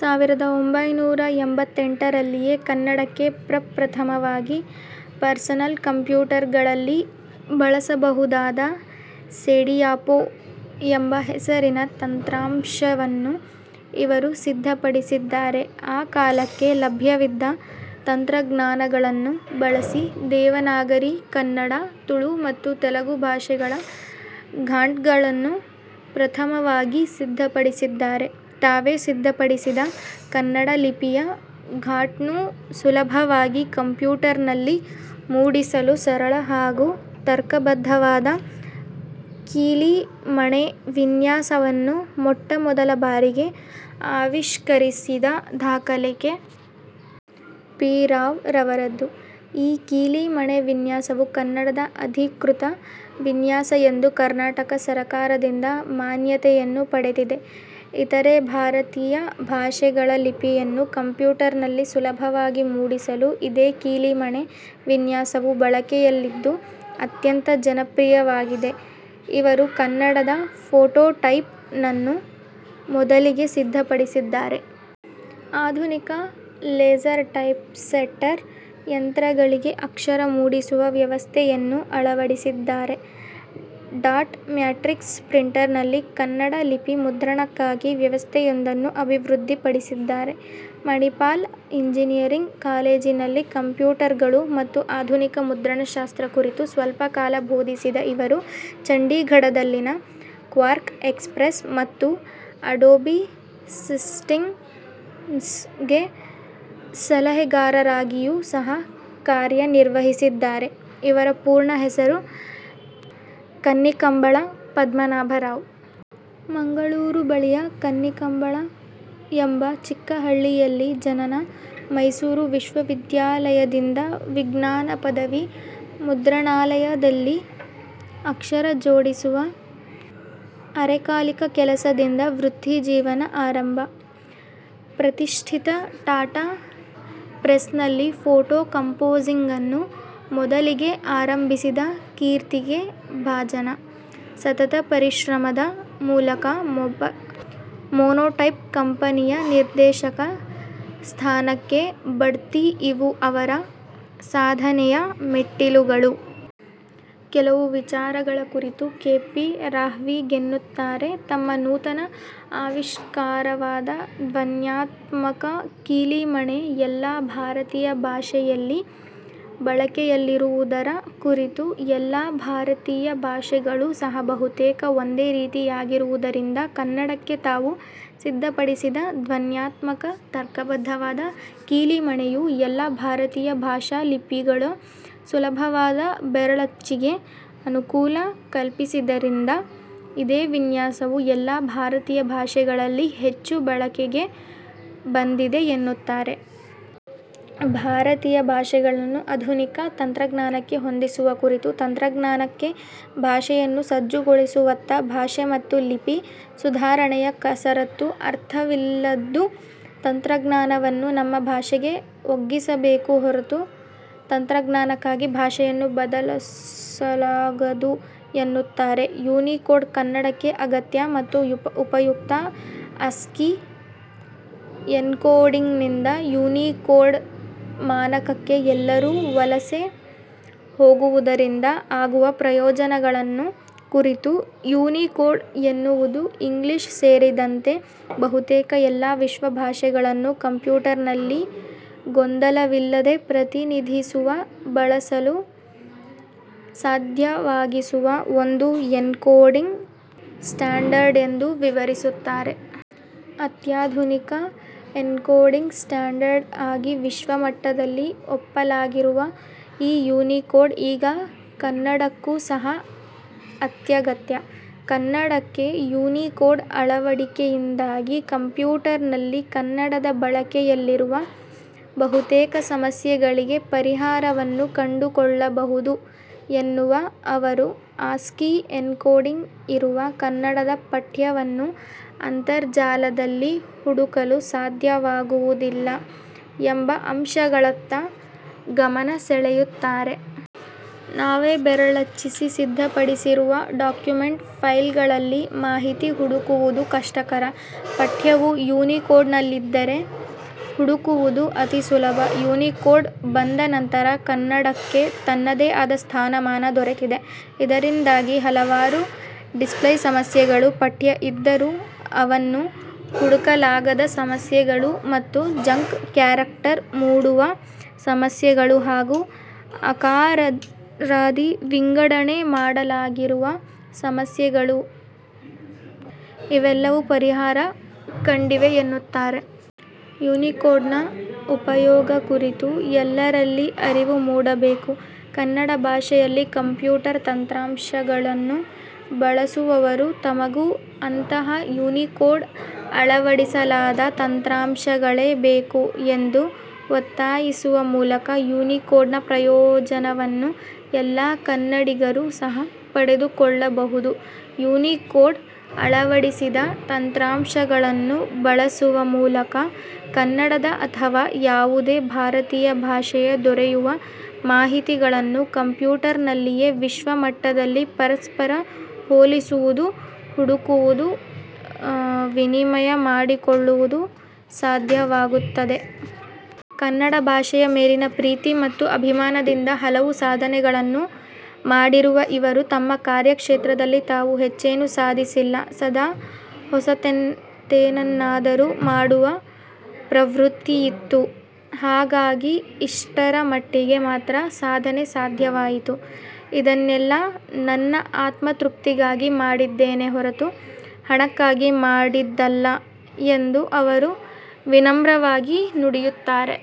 ಸಾವಿರದ ಒಂಭೈನೂರ ಎಂಬತ್ತೆಂಟರಲ್ಲಿಯೇ ಕನ್ನಡಕ್ಕೆ ಪ್ರಪ್ರಥಮವಾಗಿ ಪರ್ಸನಲ್ ಕಂಪ್ಯೂಟರ್ಗಳಲ್ಲಿ ಬಳಸಬಹುದಾದ ಸೇಡಿಯಾಪು' ಎಂಬ ಹೆಸರಿನ ತಂತ್ರಾಂಶವನ್ನು ಇವರು ಸಿದ್ಧಪಡಿಸಿದ್ದಾರೆ. ಆ ಕಾಲಕ್ಕೆ ಲಭ್ಯವಿದ್ದ ತಂತ್ರಜ್ಞಾನಗಳನ್ನು ಬಳಸಿ ದೇವನಾಗರಿ, ಕನ್ನಡ, ತುಳು ಮತ್ತು ತೆಲುಗು ಭಾಷೆಗಳ ಫಾಂಟ್ಗಳನ್ನು ಪ್ರಥಮವಾಗಿ ಸಿದ್ಧಪಡಿಸಿದ್ದಾರೆ. ತಾವೇ ಸಿದ್ಧಪಡಿಸಿದ ಕನ್ನಡ ಲಿಪಿಯ ಫಾಂಟ್ನ್ನು ಸುಲಭವಾಗಿ ಕಂಪ್ಯೂಟರ್ನಲ್ಲಿ ಮೂಡಿಸಲು ಸರಳ ಹಾಗೂ ತರ್ಕಬದ್ಧವಾದ ಕೀಲಿಮಣೆ ವಿನ್ಯಾಸವನ್ನು ಮೊಟ್ಟಮೊದಲ ಬಾರಿಗೆ ಆವಿಷ್ಕರಿಸಿದ ದಾಖಲೆ ಕೆ. ಪಿ ರಾವ್ ರವರದು. ಈ ಕೀಲಿಮಣೆ ವಿನ್ಯಾಸವು ಕನ್ನಡದ ಅಧಿಕೃತ ವಿನ್ಯಾಸ ಎಂದು ಕರ್ನಾಟಕ ಸರಕಾರದಿಂದ ಮಾನ್ಯತೆಯನ್ನು ಪಡೆದಿದೆ. ಇತರೆ ಭಾರತೀಯ ಭಾಷೆಗಳ ಲಿಪಿಯನ್ನು ಕಂಪ್ಯೂಟರ್ನಲ್ಲಿ ಸುಲಭವಾಗಿ ಮೂಡಿಸಲು ಇದೇ ಕೀಲಿಮಣೆ ವಿನ್ಯಾಸವು ಬಳಕೆಯಲ್ಲಿದ್ದು ಅತ್ಯಂತ ಜನಪ್ರಿಯವಾಗಿದೆ. ಇವರು ಕನ್ನಡದ ಫೋಟೋಟೈಪ್ ನನ್ನು ಮೊದಲಿಗೆ ಸಿದ್ಧಪಡಿಸಿದ್ದಾರೆ. ಆಧುನಿಕ ಲೇಸರ್ಟೈಪ್ಸೆಟ್ಟರ್ ಯಂತ್ರಗಳಿಗೆ ಅಕ್ಷರ ಮೂಡಿಸುವ ವ್ಯವಸ್ಥೆಯನ್ನು ಅಳವಡಿಸಿದ್ದಾರೆ. ಡಾಟ್ ಮ್ಯಾಟ್ರಿಕ್ಸ್ ಪ್ರಿಂಟರ್ನಲ್ಲಿ ಕನ್ನಡ ಲಿಪಿ ಮುದ್ರಣಕ್ಕಾಗಿ ವ್ಯವಸ್ಥೆಯೊಂದನ್ನು ಅಭಿವೃದ್ಧಿಪಡಿಸಿದ್ದಾರೆ. ಮಣಿಪಾಲ ಇಂಜಿನಿಯರಿಂಗ್ ಕಾಲೇಜಿನಲ್ಲಿ ಕಂಪ್ಯೂಟರ್ಗಳು ಮತ್ತು ಆಧುನಿಕ ಮುದ್ರಣಶಾಸ್ತ್ರ ಕುರಿತು ಸ್ವಲ್ಪಕಾಲ ಬೋಧಿಸಿದ ಇವರು ಚಂಡೀಗಢದಲ್ಲಿನ ಕ್ವಾರ್ಕ್ ಎಕ್ಸ್ ಪ್ರೆಸ್ ಮತ್ತು ಅಡೋಬಿ ಸಿಸ್ಟಂಸ್ ಗೆ ಸಲಹೆಗಾರರಾಗಿಯೂ ಸಹ ಕಾರ್ಯನಿರ್ವಹಿಸಿದ್ದಾರೆ ಇವರ ಪೂರ್ಣ ಹೆಸರು ಕನ್ನಿಕಂಬಳ ಪದ್ಮನಾಭ ರಾವ್. ಮಂಗಳೂರು ಬಳಿಯ ಕನ್ನಿಕಂಬಳ ಎಂಬ ಚಿಕ್ಕಹಳ್ಳಿಯಲ್ಲಿ ಜನನ. ಮೈಸೂರು ವಿಶ್ವ ವಿದ್ಯಾಲಯದಿಂದ ವಿಜ್ಞಾನ ಪದವಿ. ಮುದ್ರಣಾಲಯದಲ್ಲಿ ಅಕ್ಷರ ಜೋಡಿಸುವ ಅರೆಕಾಲಿಕ ಕೆಲಸದಿಂದ ವೃತ್ತಿಜೀವನ ಆರಂಭ. ಪ್ರತಿಷ್ಠಿತ ಟಾಟಾ ಪ್ರೆಸ್ನಲ್ಲಿ ಫೋಟೋಕಂಪೋಸಿಂಗನ್ನು ಮೊದಲಿಗೆ ಆರಂಭಿಸಿದ ಕೀರ್ತಿಗೆ ಭಾಜನ. ಸತತ ಪರಿಶ್ರಮದ ಮೂಲಕ ಮೊನೋಟೈಪ್ ಕಂಪನಿಯ ನಿರ್ದೇಶಕ ಸ್ಥಾನಕ್ಕೆ ಬಡ್ತಿ ಇವು ಅವರ ಸಾಧನೆಯ ಮೆಟ್ಟಿಲುಗಳು. ಕೆಲವು ವಿಚಾರಗಳ ಕುರಿತು ಕೆ. ಪಿ ರಾವ್ಹೀಗೆನ್ನುತ್ತಾರೆ ತಮ್ಮ ನೂತನ ಆವಿಷ್ಕಾರವಾದ ಧ್ವನ್ಯಾತ್ಮಕ ಕೀಲಿಮಣೆ ಎಲ್ಲ ಭಾರತೀಯ ಭಾಷೆಯಲ್ಲಿ ಬಳಕೆಯಲ್ಲಿರುವುದರ ಕುರಿತು ಎಲ್ಲಾ ಭಾರತೀಯ ಭಾಷೆಗಳೂ ಸಹ ಬಹುತೇಕ ಒಂದೇ ರೀತಿಯಾಗಿರುವುದರಿಂದ ಕನ್ನಡಕ್ಕೆ ತಾವು ಸಿದ್ಧಪಡಿಸಿದ ಧ್ವನ್ಯಾತ್ಮಕ, ತರ್ಕಬದ್ಧವಾದ ಕೀಲಿಮಣೆಯು ಎಲ್ಲಾ ಭಾರತೀಯ ಭಾಷಾ ಲಿಪಿಗಳ ಸುಲಭವಾದ ಬೆರಳಚ್ಚಿಗೆ ಅನುಕೂಲ ಕಲ್ಪಿಸಿದ್ದರಿಂದ ಇದೇ ವಿನ್ಯಾಸವು ಎಲ್ಲಾ ಭಾರತೀಯ ಭಾಷೆಗಳಲ್ಲಿ ಹೆಚ್ಚು ಬಳಕೆಗೆ ಬಂದಿದೆ ಎನ್ನುತ್ತಾರೆ. ಭಾರತೀಯ ಭಾಷೆಗಳನ್ನು ಆಧುನಿಕ ತಂತ್ರಜ್ಞಾನಕ್ಕೆ ಹೊಂದಿಸುವ ಕುರಿತು ತಂತ್ರಜ್ಞಾನಕ್ಕೆ ಭಾಷೆಯನ್ನು ಸಜ್ಜುಗೊಳಿಸುವತ್ತ ಭಾಷೆ ಮತ್ತು ಲಿಪಿ ಸುಧಾರಣೆಯ ಕಸರತ್ತು ಅರ್ಥವಿಲ್ಲದ್ದು, ತಂತ್ರಜ್ಞಾನವನ್ನು ನಮ್ಮ ಭಾಷೆಗೆ ಒಗ್ಗಿಸಬೇಕೆ ಹೊರತು ತಂತ್ರಜ್ಞಾನಕ್ಕಾಗಿ ಭಾಷೆಯನ್ನು ಬದಲಿಸಲಾಗದು ಎನ್ನುತ್ತಾರೆ. ಯುನಿಕೋಡ್ ಕನ್ನಡಕ್ಕೆ ಅಗತ್ಯ ಮತ್ತು ಉಪಯುಕ್ತ ಆಸ್ಕಿ ಎನ್ಕೋಡಿಂಗ್ನಿಂದ ಯುನಿಕೋಡ್ ಮಾನಕಕ್ಕೆ ಎಲ್ಲರೂ ವಲಸೆ ಹೋಗುವುದರಿಂದ ಆಗುವ ಪ್ರಯೋಜನಗಳನ್ನು ಕುರಿತು ಯುನಿಕೋಡ್ ಎನ್ನುವುದು ಇಂಗ್ಲಿಷ್ ಸೇರಿದಂತೆ ಬಹುತೇಕ ಎಲ್ಲಾ ವಿಶ್ವ ಭಾಷೆಗಳನ್ನು ಕಂಪ್ಯೂಟರ್ನಲ್ಲಿ ಗೊಂದಲವಿಲ್ಲದೆ ಪ್ರತಿನಿಧಿಸುವ, ಬಳಸಲು ಸಾಧ್ಯವಾಗಿಸುವ ಒಂದು ಎನ್ಕೋಡಿಂಗ್' ಸ್ಟ್ಯಾಂಡರ್ಡ್ ಎಂದು ವಿವರಿಸುತ್ತಾರೆ. ಅತ್ಯಾಧುನಿಕ ಎನ್ಕೋಡಿಂಗ್ ಸ್ಟ್ಯಾಂಡರ್ಡ್ ಆಗಿ ವಿಶ್ವ ಮಟ್ಟದಲ್ಲಿ ಒಪ್ಪಲಾಗಿರುವ ಈ ಯುನಿಕೋಡ್ ಈಗ ಕನ್ನಡಕ್ಕೂ ಸಹ ಅತ್ಯಗತ್ಯ. ಕನ್ನಡಕ್ಕೆ ಯುನಿಕೋಡ್ನ ಅಳವಡಿಕೆಯಿಂದಾಗಿ ಕಂಪ್ಯೂಟರ್ನಲ್ಲಿ ಕನ್ನಡದ ಬಳಕೆಯಲ್ಲಿರುವ ಬಹುತೇಕ ಸಮಸ್ಯೆಗಳಿಗೆ ಪರಿಹಾರವನ್ನು ಕಂಡುಕೊಳ್ಳಬಹುದು ಎನ್ನುವ ಅವರು, ಆಸ್ಕಿ ಎನ್ಕೋಡಿಂಗ್ ಇರುವ ಕನ್ನಡದ ಪಠ್ಯವನ್ನು ಅಂತರಜಾಲದಲ್ಲಿ ಹುಡುಕಲು ಸಾಧ್ಯವಾಗುವುದಿಲ್ಲ ಎಂಬ ಅಂಶಗಳತ್ತ ಗಮನ ಸೆಳೆಯುತ್ತಾರೆ. ನಾವೇ ಬೆರಳಚ್ಚಿಸಿ ಸಿದ್ಧಪಡಿಸಿರುವ ಡಾಕ್ಯುಮೆಂಟ್ ಫೈಲ್ಗಳಲ್ಲಿ ಮಾಹಿತಿ ಹುಡುಕುವುದು ಕಷ್ಟಕರ. ಪಠ್ಯವು ಯುನಿಕೋಡ್'ನಲ್ಲಿದ್ದರೆ, ಹುಡುಕುವುದು ಅತಿ ಸುಲಭ. ಯುನಿಕೋಡ್ ಬಂದ ನಂತರ ಕನ್ನಡಕ್ಕೆ ತನ್ನದೇ ಆದ ಸ್ಥಾನ-ಮಾನ ದೊರೆತಿದೆ. ಇದರಿಂದಾಗಿ, ಹಲವಾರು ಡಿಸ್ಪ್ಲೇ ಸಮಸ್ಯೆಗಳು, ಪಠ್ಯ ಇದ್ದರೂ ಅವನ್ನು ಹುಡುಕಲಾಗದ ಸಮಸ್ಯೆಗಳು ಮತ್ತು ಜಂಕ್ ಕ್ಯಾರೆಕ್ಟರ್ ಮೂಡುವ ಸಮಸ್ಯೆಗಳು ಹಾಗೂ ಅಕಾರಾದಿ ವಿಂಗಡಣೆ ಮಾಡಲಾಗದಿರುವ ಸಮಸ್ಯೆಗಳು ಇವೆಲ್ಲವು ಪರಿಹಾರ ಕಂಡಿವೆ ಎನ್ನುತ್ತಾರೆ. ಯುನಿಕೋಡ್ನ ಉಪಯೋಗ ಕುರಿತು ಎಲ್ಲರಲ್ಲಿ ಅರಿವು ಮೂಡಬೇಕು. ಕನ್ನಡ ಭಾಷೆಯಲ್ಲಿ ಕಂಪ್ಯೂಟರ್ ತಂತ್ರಾಂಶಗಳನ್ನು ಬಳಸುವವರು ತಮಗೂ ಅಂತಹ ಯುನಿಕೋಡ್ ಅಳವಡಿಸಲಾದ ತಂತ್ರಾಂಶಗಳೇ ಬೇಕು ಎಂದು ಒತ್ತಾಯಿಸುವ ಮೂಲಕ ಯುನಿಕೋಡ್ನ ಪ್ರಯೋಜನವನ್ನು ಎಲ್ಲಾ ಕನ್ನಡಿಗರೂ ಸಹ ಪಡೆದುಕೊಳ್ಳಬಹುದು. ಯುನಿಕೋಡ್ ಅಳವಡಿಸಿದ ತಂತ್ರಾಂಶಗಳನ್ನು ಬಳಸುವ ಮೂಲಕ ಕನ್ನಡದ ಅಥವಾ ಯಾವುದೇ ಭಾರತೀಯ ಭಾಷೆಯ ದೊರೆಯುವ ಮಾಹಿತಿಗಳನ್ನು ಕಂಪ್ಯೂಟರ್ನಲ್ಲಿಯೇ ವಿಶ್ವಮಟ್ಟದಲ್ಲಿ ಪರಸ್ಪರ ಹೋಲಿಸುವುದು, ಹುಡುಕುವುದು, ವಿನಿಮಯ ಮಾಡಿಕೊಳ್ಳುವುದು ಸಾಧ್ಯವಾಗುತ್ತದೆ. ಕನ್ನಡ ಭಾಷೆಯ ಮೇಲಿನ ಪ್ರೀತಿ ಮತ್ತು ಅಭಿಮಾನದಿಂದ ಹಲವು ಸಾಧನೆಗಳನ್ನು ಮಾಡಿರುವ ಇವರು ತಮ್ಮ ಕಾರ್ಯಕ್ಷೇತ್ರದಲ್ಲಿ ತಾವು ಹೆಚ್ಚೇನೂ ಸಾಧಿಸಿಲ್ಲ, ಸದಾ ಹೊಸತೇನನ್ನಾದರೂ ಮಾಡುವ ಪ್ರವೃತ್ತಿಯಿತ್ತು. ಹಾಗಾಗಿ ಇಷ್ಟರ ಮಟ್ಟಿಗೆ ಮಾತ್ರ ಸಾಧನೆ ಸಾಧ್ಯವಾಯಿತು. ಇದನ್ನೆಲ್ಲಾ ನನ್ನ ಆತ್ಮತೃಪ್ತಿಗಾಗಿ ಮಾಡಿದ್ದೇನೆ ಹೊರತು ಹಣಕ್ಕಾಗಿ ಮಾಡಿದ್ದಲ್ಲ ಎಂದು ಅವರು ವಿನಮ್ರವಾಗಿ ನುಡಿಯುತ್ತಾರೆ.